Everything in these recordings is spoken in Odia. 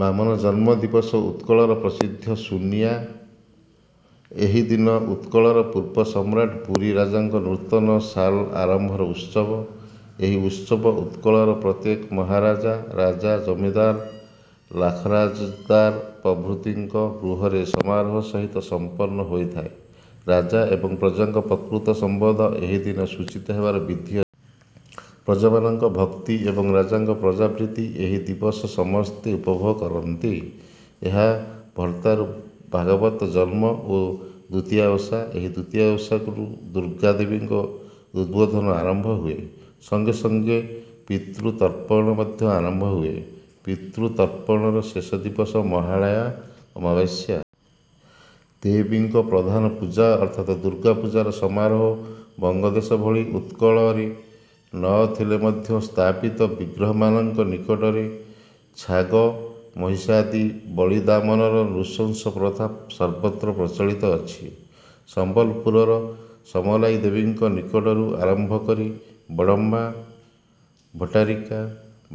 ବାମନଜନ୍ମ ଦିବସ ଉତ୍କଳର ପ୍ରସିଦ୍ଧ ସୁନିଆ । ଏହି ଦିନ ଉତ୍କଳର ପୂର୍ବ ସମ୍ରାଟ୍ ପୁରୀ ରାଜାଙ୍କ ନୂତନ ସାଲ ଆରମ୍ଭର ଉତ୍ସବ। ଏହି ଉତ୍ସବ ଉତ୍କଳର ପ୍ରତ୍ୟେକ ମହାରାଜା। ରାଜା, ଜମିଦାର, ଲାଖରାଜଦାର ପ୍ରଭୃତିଙ୍କ ଗୃହରେ ସମାରୋହ ସହିତ ସମ୍ପନ୍ନ ହୋଇଥାଏ। ରାଜା ଏବଂ ପ୍ରଜାଙ୍କ ପ୍ରକୃତ ସମ୍ୱନ୍ଧ ଏହି ଦିନ ସୂଚିତ ହେବାର ବିଧି ଅଛି। ପ୍ରଜାମାନଙ୍କ ଭକ୍ତି ଏବଂ ରାଜାଙ୍କ ପ୍ରଜା ପ୍ରୀତି ଏହି ଦିବସ ସମସ୍ତେ ଉପଭୋଗ କରନ୍ତି। ଏହା ଉତ୍ତାରୁ ଭାଗବତଜନ୍ମ ଓ ଦୁତିଆ ଓଷା। ଏହି ଦୁତିଆ ଓଷାରୁ ଦୁର୍ଗାଦେବୀଙ୍କ ଉଦ୍ବୋଧନ ଆରମ୍ଭ ହୁଏ, ସଙ୍ଗେ ସଙ୍ଗେ ପିତୃତର୍ପଣ ମଧ୍ୟ ଆରମ୍ଭ ହୁଏ। ପିତୃତର୍ପଣର ଶେଷ ଦିବସ ମହାଳୟା ଅମାବାସ୍ୟା। ଦେବୀଙ୍କ ପ୍ରଧାନ ପୂଜା ଅର୍ଥାତ୍ ଦୁର୍ଗାପୂଜାର ସମାରୋହ ବଙ୍ଗଦେଶ ଭଳି ଉତ୍କଳରେ ନ ଥିଲେ ମଧ୍ୟ ସ୍ଥାପିତ ବିଗ୍ରହମାନଙ୍କ ନିକଟରେ ଛାଗ ମହିଷାଦି ବଳିଦାମନର ନୃଶଂସ ପ୍ରଥା ସର୍ବତ୍ର ପ୍ରଚଳିତ ଅଛି। ସମ୍ବଲପୁରର ସମଲାଇ ଦେବୀଙ୍କ ନିକଟରୁ ଆରମ୍ଭ କରି, ବଡ଼ମ୍ୱା-ଭଟ୍ଟାରିକା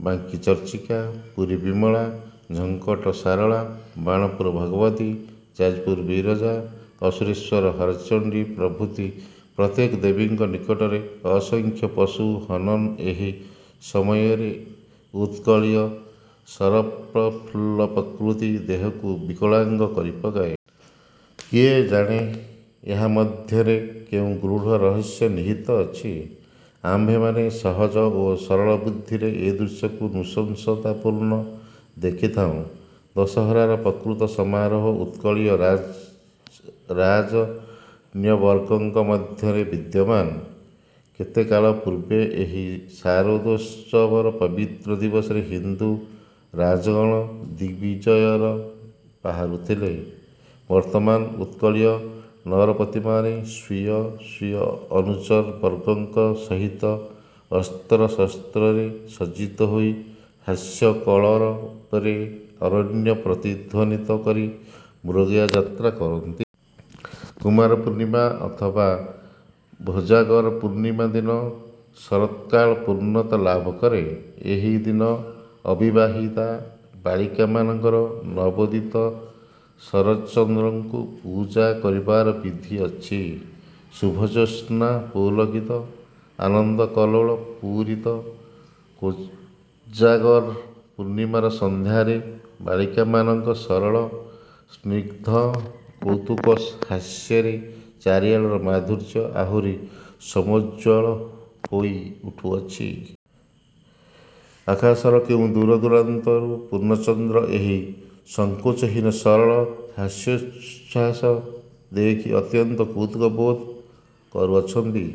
ବାଙ୍କି-ଚର୍ଚ୍ଚିକା, ପୁରୀ-ବିମଳା, ଝଙ୍କଡ଼ ଶାରଳା, ବାଣପୁର ଭଗବତୀ, ଯାଜପୁର ବିରଜା, ଅସୁରେଶ୍ୱର ହରଚଣ୍ଡୀ ପ୍ରଭୃତି ପ୍ରତ୍ୟେକ ଦେବୀଙ୍କ ନିକଟରେ ଅସଂଖ୍ୟ ପଶୁ ହନନ ଏହି ସମୟରେ ଉତ୍କଳୀୟ ଶରତ୍ପ୍ର ଫୁଲ୍ଲ ପ୍ରକୃତି ଦେହକୁ ବିକଳାଙ୍ଗ କରି ପକାଏ। କିଏ ଜାଣେ, ଏହା ମଧ୍ୟରେ କେଉଁ ଗୃଢ଼ ରହସ୍ୟ ନିହିତ ଅଛି? ଆମ୍ଭେମାନେ ସହଜ ଓ ସରଳବୁଦ୍ଧିରେ ଏ ଦୃଶ୍ୟକୁ ନୃଶଂସତାପୂର୍ଣ୍ଣ ଦେଖିଥାଉଁ। ଦଶହରାର ପ୍ରକୃତ ସମାରୋହ ଉତ୍କଳୀୟ ରାଜନ୍ୟବର୍ଗଙ୍କ ମଧ୍ୟରେ ବିଦ୍ୟମାନ। କେତେକାଳ ପୂର୍ବେ ଏହି ଶାରଦୋତ୍ସବର ପବିତ୍ର ଦିବସରେ ହିନ୍ଦୁ ରାଜଗଣ ଦିଗ୍ବିଜୟରେ ବାହାରୁଥିଲେ, ବର୍ତ୍ତମାନ ଉତ୍କଳୀୟ ନରପତିମାନେ ସ୍ୱୀୟ ସ୍ୱୀୟ ଅନୁଚରବର୍ଗଙ୍କ ସହିତ ଅସ୍ତ୍ରଶସ୍ତ୍ରରେ ସଜ୍ଜିତ ହୋଇ ହାସ୍ୟକଳରବରେ ଅରଣ୍ୟ ପ୍ରତିଧ୍ୱନିତ କରି ମୃଗୟାଯାତ୍ରା କରନ୍ତି। କୁମାରପୂର୍ଣ୍ଣିମା ଅଥବା କୋଜାଗର ପୂର୍ଣ୍ଣିମା ଦିନ ଶରତ୍କାଳ ପୂର୍ଣ୍ଣତା ଲାଭ କରେ। ଏହି ଦିନ ଅବିବାହିତା ବାଳିକାମାନଙ୍କର ନବୋଦିତ ଶରଚ୍ଚନ୍ଦ୍ରଙ୍କୁ ପୂଜା କରିବାର ବିଧି ଅଛି। ଶୁଭ-ଜ୍ୟେତ୍ସ୍ନା-ପୁଲକିତ, ଆନନ୍ଦକଲ୍ଲୋଳ ପୂରିତ କୋଜାଗର ପୂର୍ଣ୍ଣିମାର ସନ୍ଧ୍ୟାରେ ବାଳିକାମାନଙ୍କ ସରଳ, ସ୍ନିଗ୍ଧ କୌତୁକ ହାସ୍ୟରେ ଚାରି ଆଡ଼ର ମାଧୁର୍ଯ୍ୟ ଆହୁରି ସମୁଜ୍ଜ୍ୱଳ ହୋଇ ଉଠୁଅଛି! ଆକାଶର କେଉଁ ଦୂର ଦୂରାନ୍ତରରୁ ପୂର୍ଣ୍ଣଚନ୍ଦ୍ର ଏହି ସଙ୍କୋଚହୀନ ସରଳ ହାସ୍ୟୋଚ୍ଛ୍ୱାସ ଦେଖି ଅତ୍ୟନ୍ତ କୌତୁକ ବୋଧ କରୁଅଛନ୍ତି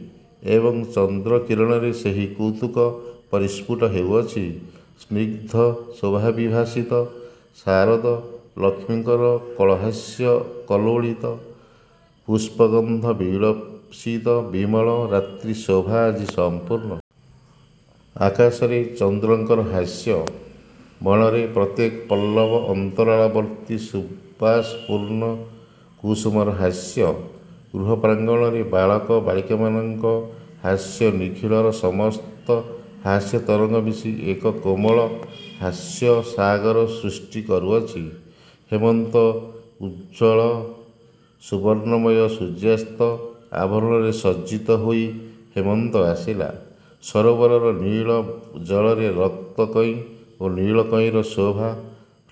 ଏବଂ ଚନ୍ଦ୍ରକିରଣରେ ସେହି କୌତୁକ ପରିସ୍ଫୁଟ ହେଉଅଛି। ସ୍ନିଗ୍ଧ ଶୋଭାବିଭାସିତ ଶାରଦ ଲକ୍ଷ୍ମୀଙ୍କର କଳହାସ୍ୟ କଲ୍ଲୋଳିତ ପୁଷ୍ପଗନ୍ଧ ବିଳସିତ ବିମଳ ରାତ୍ରି ଶୋଭା ଆଜି ସମ୍ପୂର୍ଣ୍ଣ। ଆକାଶରେ ଚନ୍ଦ୍ରଙ୍କର ହାସ୍ୟ, ବଣରେ ପ୍ରତ୍ୟେକ ପଲ୍ଲବ ଅନ୍ତରାଳବର୍ତ୍ତୀ ସୁବାସପୂର୍ଣ୍ଣ କୁସୁମର ହାସ୍ୟ, ଗୃହପ୍ରାଙ୍ଗଣରେ ବାଳକ ବାଳିକାମାନଙ୍କ ହାସ୍ୟ ନିଖିଳର ସମସ୍ତ ହାସ୍ୟତରଙ୍ଗ ମିଶି ଏକ କୋମଳ ହାସ୍ୟସାଗର ସୃଷ୍ଟି କରୁଅଛି! ହେମନ୍ତ ଉଜ୍ଜ୍ୱଳ ସୁବର୍ଣ୍ଣମୟ ସୂର୍ଯ୍ୟାସ୍ତ ଆଭରଣରେ ସଜ୍ଜିତ ହୋଇ ହେମନ୍ତ ଆସିଲା। ସରୋବରର ନୀଳ ଜଳରେ ରକ୍ତକଇଁ ଓ ନୀଳକଇଁର ଶୋଭା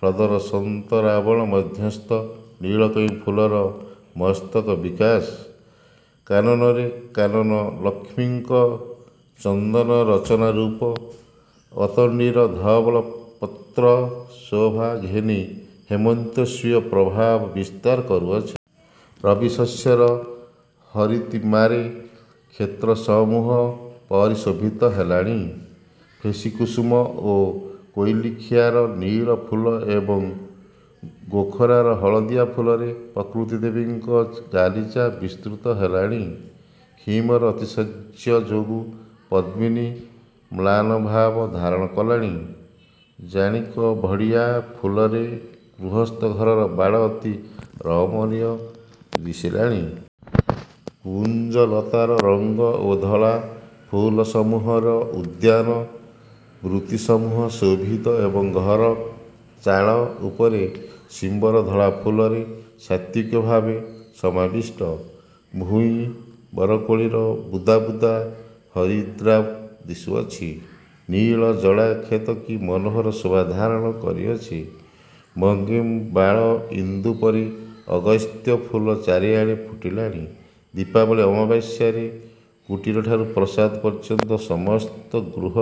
ହ୍ରଦର ସନ୍ତରାବଣ ମଧ୍ୟସ୍ଥ ନୀଳକଇଁ ଫୁଲର ମସ୍ତକ ବିକାଶ, କାନନରେ କାନନ ଲକ୍ଷ୍ମୀଙ୍କ ଚନ୍ଦନରଚନା ରୂପ ଅତଣ୍ଡୀର ଧବଳ ପତ୍ର ଶୋଭା ଘେନି ହେମନ୍ତ ସ୍ୱୀୟ ପ୍ରଭାବ ବିସ୍ତାର କରୁଅଛି। ରବି ଶସ୍ୟର ହରିତିମାରେ କ୍ଷେତ୍ରସମୂହ ପରିଶୋଭିତ ହେଲାଣି। ଫେସି କୁସୁମ ଓ କୋଇଲିଖିଆର ନୀଳ ଫୁଲ ଏବଂ ଗୋଖରାର ହଳଦିଆ ଫୁଲରେ ପ୍ରକୃତିଦେବୀଙ୍କ ଗାଲିଚା ବିସ୍ତୃତ ହେଲାଣି। ହିମର ଅତିଶଯ୍ୟ ଯୋଗୁଁ ପଦ୍ମିନୀ ମ୍ଳାନଭାବ ଧାରଣ କଲାଣି। କାଣିକଉଡ଼ିଆ ଫୁଲରେ ଗୃହସ୍ଥ ଘରର ବାଡ଼ ଅତି ରମଣୀୟ ଦିଶିଲାଣି। କୁଞ୍ଜଲତାର ରଙ୍ଗ ଓ ଧଳା ଫୁଲସମୂହରେ ଉଦ୍ୟାନ ବୃତିସମୂହ ଶୋଭିତ ଏବଂ ଘର ଚାଳ ଉପରେ ଶିମ୍ୱର ଧଳାଫୁଲରେ ସାତ୍ତ୍ୱିକଭାବ ସମାବିଷ୍ଟ। ଭୂଇଁ ବରକୋଳିରେ ବୁଦା ସବୁ ହରିଦ୍ରାଭ ଦିଶୁଅଛି। ନୀଳ ଜଡ଼ା କ୍ଷେତ କି ମନୋହର ଶୋଭା ଧାରଣ କରିଅଛି! ବଙ୍କିମ ବାଳ ଇନ୍ଦୁ ପରି ଅଗସ୍ତ୍ୟ ଫୁଲ ଚାରି ଆଡ଼େ ଫୁଟିଲାଣି। ଦୀପାବଳୀ ଆମାବାସ୍ୟରେ କୁଟୀରଠାରୁ ପ୍ରାସାଦ ପର୍ଯ୍ୟନ୍ତ ସମସ୍ତ ଗୃହ